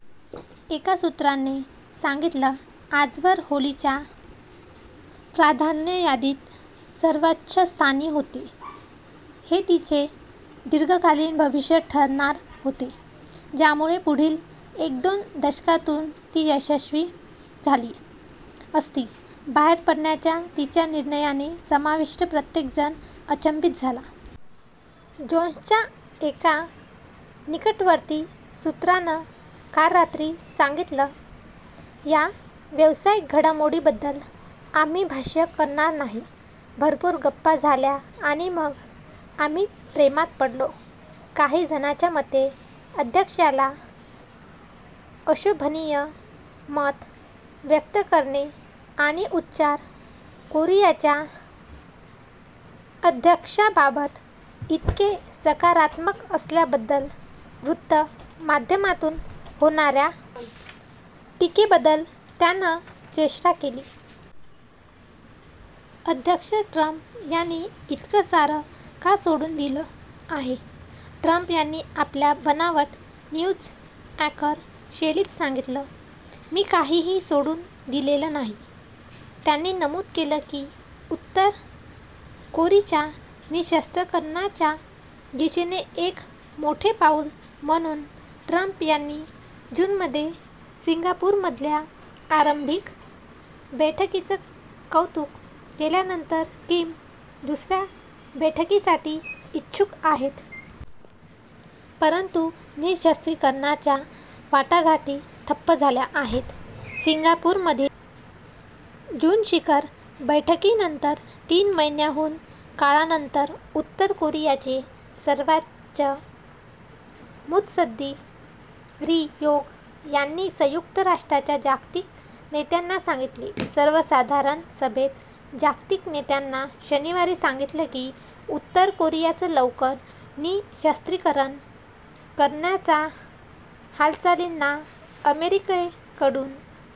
एका सूत्राने सांगितलं: " आजवर होलीच्या प्राधान्य यादीत सर्वोच्च स्थानी होते. हे तिचे दीर्घकालीन भविष्य ठरणार होते ज्यामुळे पुढील एकदोन दशकातून ती यशस्वी झाली असती. बाहेर पडण्याच्या तिच्या निर्णयाने समाविष्ट प्रत्येक जण अचंबित झाला. जोन्सच्या एका निकटवर्ती सूत्रानं काल रात्री सांगितलं "या व्यवसायिक घडामोडींबद्दल आम्ही भाष्य करणार नाही. " भरपूर गप्पा झाल्या 'आणि मग आम्ही प्रेमात पडलो' काही जणांच्या मते "अध्यक्षाला अशोभनीय" मत व्यक्त करणे आणि उत्तर कोरियाच्या अध्यक्षांबाबत इतके सकारात्मक असल्याबद्दल वृत्त माध्यमांतून होणाऱ्या टिकेबद्दल त्यानं चेष्टा केली. अध्यक्ष ट्रम्प यांनी इतकं सारं का सोडून दिलं आहे? ट्रम्प यांनी आपल्या बनावट "न्यूज अँकर" शैलीत सांगितलं. "मी काहीही सोडून दिलेलं नाही. " त्यांनी नमूद केलं की उत्तर कोरिच्या निःशस्त्रकरणाच्या दिशेने एक मोठे पाऊल म्हणून ट्रम्प यांनी जूनमध्ये सिंगापूरमधल्या आरंभिक बैठकीचं कौतुक केल्यानंतर किम दुसऱ्या बैठकीसाठी इच्छुक आहेत. परंतु निःशस्त्रीकरणाच्या वाटाघाटी ठप्प झाल्या आहेत. सिंगापूरमधील जून शिखर बैठकीनंतर तीन महिन्यांहून काळानंतर, उत्तर कोरियाचे सर्वोच्च मुत्सद्दी री योंग यांनी संयुक्त राष्ट्रांच्या जागतिक नेत्यांना सांगितले. सर्वसाधारण सभेत जागतिक नेत्यांना शनिवारी सांगितलं की उत्तर कोरियाचं लवकर निःशस्त्रीकरण करण्याच्या हालचालींना अमेरिकेकडून "